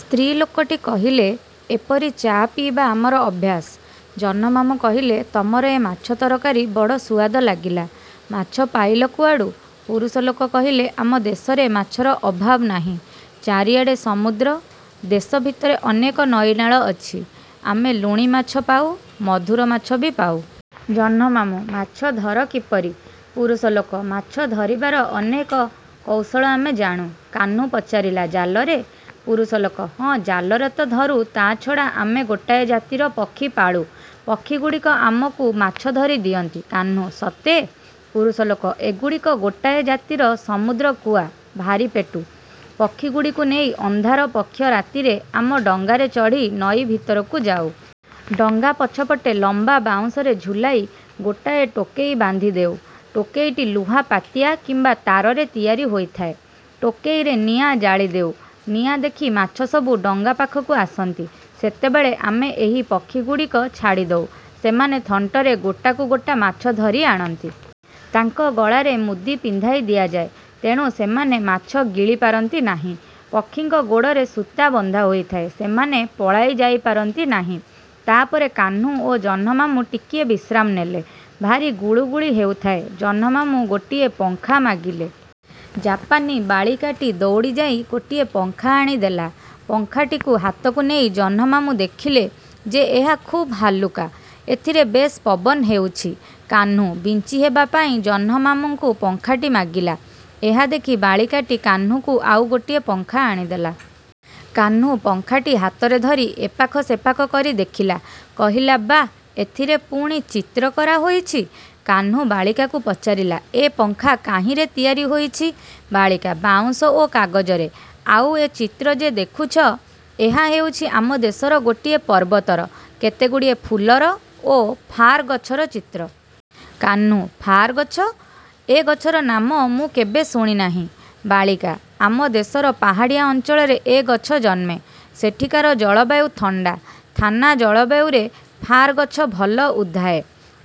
ସ୍ତ୍ରୀଲୋକଟି କହିଲେ-ଏପରି ଚା ପିଇବା ଆମର ଅଭ୍ୟାସ। ଜହ୍ନମାମୁଁ କହିଲେ-ତମର ଏ ମାଛ ତରକାରୀ ବଡ଼ ସୁଆଦ ଲାଗିଲା। ମାଛ ପାଇଲ କୁଆଡ଼ୁ? ପୁରୁଷ ଲୋକ କହିଲେ-ଆମ ଦେଶରେ ମାଛର ଅଭାବ ନାହିଁ। ଚାରିଆଡ଼େ ସମୁଦ୍ର। ଦେଶ ଭିତରେ ଅନେକ ନଈନାଳ ଅଛି। ଆମେ ଲୁଣି ମାଛ ପାଉ, ମଧୁର ମାଛ ବି ପାଉ। ଜହ୍ନମାମୁଁ-ମାଛ ଧର କିପରି? ପୁରୁଷଲୋକ-ମାଛ ଧରିବାର ଅନେକ। କୌଶଳ ଆମେ ଜାଣୁ। କାହ୍ନୁ ପଚାରିଲା-ଜାଲରେ? ପୁରୁଷଲୋକ-ହଁ ଜାଲରେ ତ ଧରୁ, ତା'ଛଡ଼ା ଆମେ ଗୋଟାଏ ଜାତିର ପକ୍ଷୀ ପାଳୁ। ପକ୍ଷୀଗୁଡ଼ିକ ଆମକୁ ମାଛ ଧରି ଦିଅନ୍ତି। କାହ୍ନୁ-ସତେ? ପୁରୁଷଲୋକ-ଏଗୁଡ଼ିକ ଗୋଟାଏ ଜାତିର ସମୁଦ୍ରକୁଆ-ଭାରି ପେଟୁ। ପକ୍ଷୀଗୁଡ଼ିକୁ ନେଇ ଅନ୍ଧାର ପକ୍ଷ ରାତିରେ ଆମ ଡଙ୍ଗାରେ ଚଢ଼ି ନଈ ଭିତରକୁ ଯାଉ। ଡଙ୍ଗା ପଛପଟେ ଲମ୍ବା ବାଉଁଶରେ ଝୁଲାଇ ଗୋଟାଏ ଟୋକେଇ ବାନ୍ଧି ଦେଉ। ଟୋକେଇଟି ଲୁହା ପାତିଆ କିମ୍ବା ତାରରେ ତିଆରି ହୋଇଥାଏ। ଟୋକେଇରେ ନିଆଁ ଜାଳି ଦେଉ। ନିଆଁ ଦେଖି ମାଛସବୁ ଡଙ୍ଗା ପାଖକୁ ଆସନ୍ତି। ସେତେବେଳେ ଆମେ ଏହି ପକ୍ଷୀଗୁଡ଼ିକ ଛାଡ଼ିଦଉ। ସେମାନେ ଥଣ୍ଟରେ ଗୋଟାକୁ ଗୋଟା ମାଛ ଧରି ଆଣନ୍ତି। ତାଙ୍କ ଗଳାରେ ମୁଦି ପିନ୍ଧାଇ ଦିଆଯାଏ। ତେଣୁ ସେମାନେ ମାଛ ଗିଳି ପାରନ୍ତି ନାହିଁ-। ପକ୍ଷୀଙ୍କ ଗୋଡ଼ରେ ସୂତା ବନ୍ଧା ହୋଇଥାଏ। ସେମାନେ ପଳାଇଯାଇପାରନ୍ତି ନାହିଁ। ତା' ପରେ କାହ୍ନୁ ଓ ଜହ୍ନମାମୁଁ ଟିକିଏ ବିଶ୍ରାମ ନେଲେ। ଭାରି ଗୁଳୁଗୁଳି ହେଉଥାଏ। ଜହ୍ନମାମୁଁ ଗୋଟିଏ ପଙ୍ଖା ମାଗିଲେ। ଜାପାନୀ ବାଳିକାଟି ଦୌଡ଼ିଯାଇ ଗୋଟିଏ ପଙ୍ଖା ଆଣି ଦେଲା। ପଙ୍ଖାଟିକୁ ହାତକୁ ନେଇ ଜହ୍ନମାମୁଁ ଦେଖିଲେ ଯେ ଏହା ଖୁବ୍ ହାଲୁକା। ଏଥିରେ ବେଶ୍ ପବନ ହେଉଛି। କାହ୍ନୁ ବିଞ୍ଚିହେବାପାଇଁ ଜହ୍ନମାମୁଁଙ୍କୁ ପଙ୍ଖାଟି ମାଗିଲା। ଏହା ଦେଖି ବାଳିକାଟି କାହ୍ନୁକୁ ଆଉ ଗୋଟିଏ ପଙ୍ଖା ଆଣିଦେଲା। କାହ୍ନୁ ପଙ୍ଖାଟି ହାତରେ ଧରି ଏପାଖ ସେପାଖ କରି ଦେଖିଲା। କହିଲା-ବାଃ, ଏଥିରେ ପୁଣି ଚିତ୍ର କରାହୋଇଛି! କାହ୍ନୁ ବାଳିକାକୁ ପଚାରିଲା-ଏ ପଙ୍ଖା କାହିଁରେ ତିଆରି ହୋଇଛି? ବାଳିକା-ବାଉଁଶ ଓ କାଗଜରେ। ଆଉ ଏ ଚିତ୍ର ଯେ ଦେଖୁଛ, ଏହା ହେଉଛି ଆମ ଦେଶର ଗୋଟିଏ ପର୍ବତର, କେତେଗୁଡ଼ିଏ ଫୁଲର ଓ ଫାର୍ ଗଛର ଚିତ୍ର। କାହ୍ନୁ-ଫାର୍ ଗଛ? ଏ ଗଛର ନାମ ମୁଁ କେବେ ଶୁଣି ନାହିଁ। ବାଳିକା-ଆମ ଦେଶର ପାହାଡ଼ିଆ ଅଞ୍ଚଳରେ ଏ ଗଛ ଜନ୍ମେ। ସେଠିକାର ଜଳବାୟୁ ଥଣ୍ଡା। ଥାନା ଜଳବାୟୁରେ ଫାର୍ ଗଛ ଭଲ ଉଧାଏ।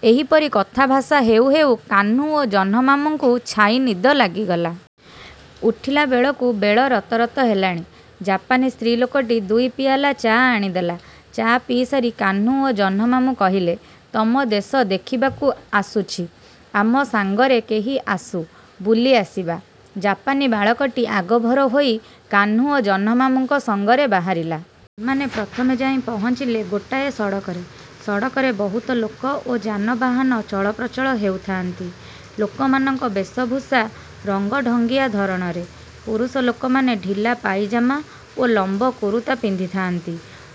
ଏହିପରି କଥାଭାଷା ହେଉ ହେଉ କାହ୍ନୁ ଓ ଜହ୍ନମାମୁଁଙ୍କୁ ଛାଇନିଦ ଲାଗିଗଲା। ଉଠିଲାବେଳକୁ ବେଳ ରତରତ ହେଲାଣି। ଜାପାନୀ ସ୍ତ୍ରୀଲୋକଟି ଦୁଇ ପିଆଲା ଚା ଆଣିଦେଲା। ଚା ପିଇସାରି କାହ୍ନୁ ଓ ଜହ୍ନମାମୁଁ କହିଲେ-ତମ ଦେଶ ଦେଖିବାକୁ ଆସୁଛି; ଆମ ସାଙ୍ଗରେ କେହି ଆସୁ, ବୁଲି ଆସିବା। ଜାପାନୀ ବାଳକଟି ଆଗଭର ହୋଇ କାହ୍ନୁ ଓ ଜହ୍ନମାମୁଁଙ୍କ ସଙ୍ଗରେ ବାହାରିଲା। ସେମାନେ ପ୍ରଥମେ ଯାଇ ପହଁଚିଲେ ଗୋଟାଏ ସଡ଼କରେ। ସଡ଼କରେ ବହୁତ ଲୋକ ଓ ଯାନବାହାନ ଚଳପ୍ରଚଳ ହେଉଥାନ୍ତି। ଲୋକମାନଙ୍କ ବେଶଭୂଷା ରଙ୍ଗଢଙ୍ଗିଆ ଧରଣରେ। ପୁରୁଷଲୋକମାନେ ଢିଲା ପାଇଜାମା ଓ ଲମ୍ବ କୁରୁତା ପିନ୍ଧିଥାନ୍ତି।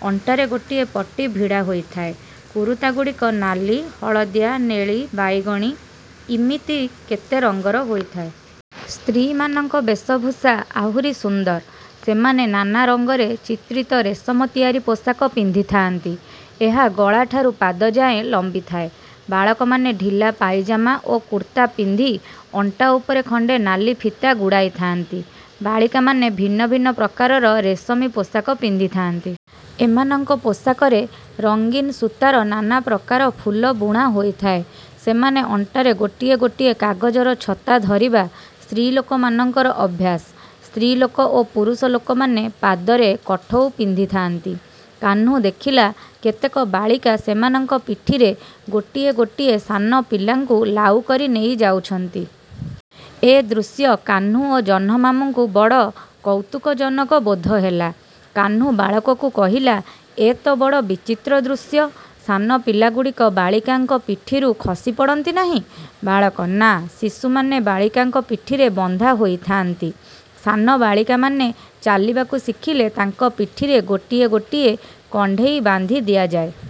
ଅଣ୍ଟାରେ ଗୋଟିଏ ପଟି ଭିଡ଼ା ହୋଇଥାଏ। କୁରୁତାଗୁଡ଼ିକ ନାଲି, ହଳଦିଆ, ନେଳି, ବାଇଗଣି-ଇମିତି କେତେ ରଙ୍ଗର ହୋଇଥାଏ। ସ୍ତ୍ରୀମାନଙ୍କ ବେଶଭୂଷା ଆହୁରି ସୁନ୍ଦର। ସେମାନେ ନାନା ରଙ୍ଗରେ ଚିତ୍ରିତ ରେଶମ ତିଆରି ପୋଷାକ ପିନ୍ଧିଥାନ୍ତି। ଏହା ଗଳାଠାରୁ ପାଦଯାଏଁ ଲମ୍ବିଥାଏ। ବାଳକମାନେ ଢିଲା ପାଇଜାମା ଓ କୁର୍ତ୍ତା ପିନ୍ଧି ଅଣ୍ଟା ଉପରେ ଖଣ୍ଡେ ନାଲି ଫିତା ଗୁଡ଼ାଇଥାନ୍ତି। ବାଳିକାମାନେ ଭିନ୍ନ ଭିନ୍ନ ପ୍ରକାରର ରେଶମୀ ପୋଷାକ ପିନ୍ଧିଥାନ୍ତି। ଏମାନଙ୍କ ପୋଷାକରେ ରଙ୍ଗିନ୍ ସୂତାର ନାନା ପ୍ରକାର ଫୁଲ ବୁଣା ହୋଇଥାଏ। ସେମାନେ ଅଣ୍ଟାରେ ଗୋଟିଏ ଗୋଟିଏ କାଗଜର ଛତା ଧରିବା ସ୍ତ୍ରୀଲୋକମାନଙ୍କର ଅଭ୍ୟାସ। ସ୍ତ୍ରୀଲୋକ ଓ ପୁରୁଷଲୋକମାନେ ପାଦରେ କଠଉ ପିନ୍ଧିଥାନ୍ତି। କାହ୍ନୁ ଦେଖିଲା, କେତେକ ବାଳିକା ସେମାନଙ୍କ ପିଠିରେ ଗୋଟିଏ ଗୋଟିଏ ସାନପିଲାଙ୍କୁ ଲାଉକରି ନେଇଯାଉଛନ୍ତି। ଏ ଦୃଶ୍ୟ କାହ୍ନୁ ଓ ଜହ୍ନମାମୁଁଙ୍କୁ ବଡ଼ କୌତୁକଜନକ ବୋଧ ହେଲା। କାହ୍ନୁ ବାଳକକୁ କହିଲା-ଏ ତ ବଡ଼ ବିଚିତ୍ର ଦୃଶ୍ୟ। ସାନ ପିଲାଗୁଡ଼ିକ ବାଳିକାଙ୍କ ପିଠିରୁ ଖସି ପଡ଼ନ୍ତି ନାହିଁ? ବାଳକ-ନାଁ, ଶିଶୁମାନେ ବାଳିକାଙ୍କ ପିଠିରେ ବନ୍ଧା ହୋଇଥାନ୍ତି। ସାନ ବାଳିକାମାନେ ଚାଲିବାକୁ ଶିଖିଲେ ତାଙ୍କ ପିଠିରେ ଗୋଟିଏ ଗୋଟିଏ କଣ୍ଢେଇ ବାନ୍ଧି ଦିଆଯାଏ।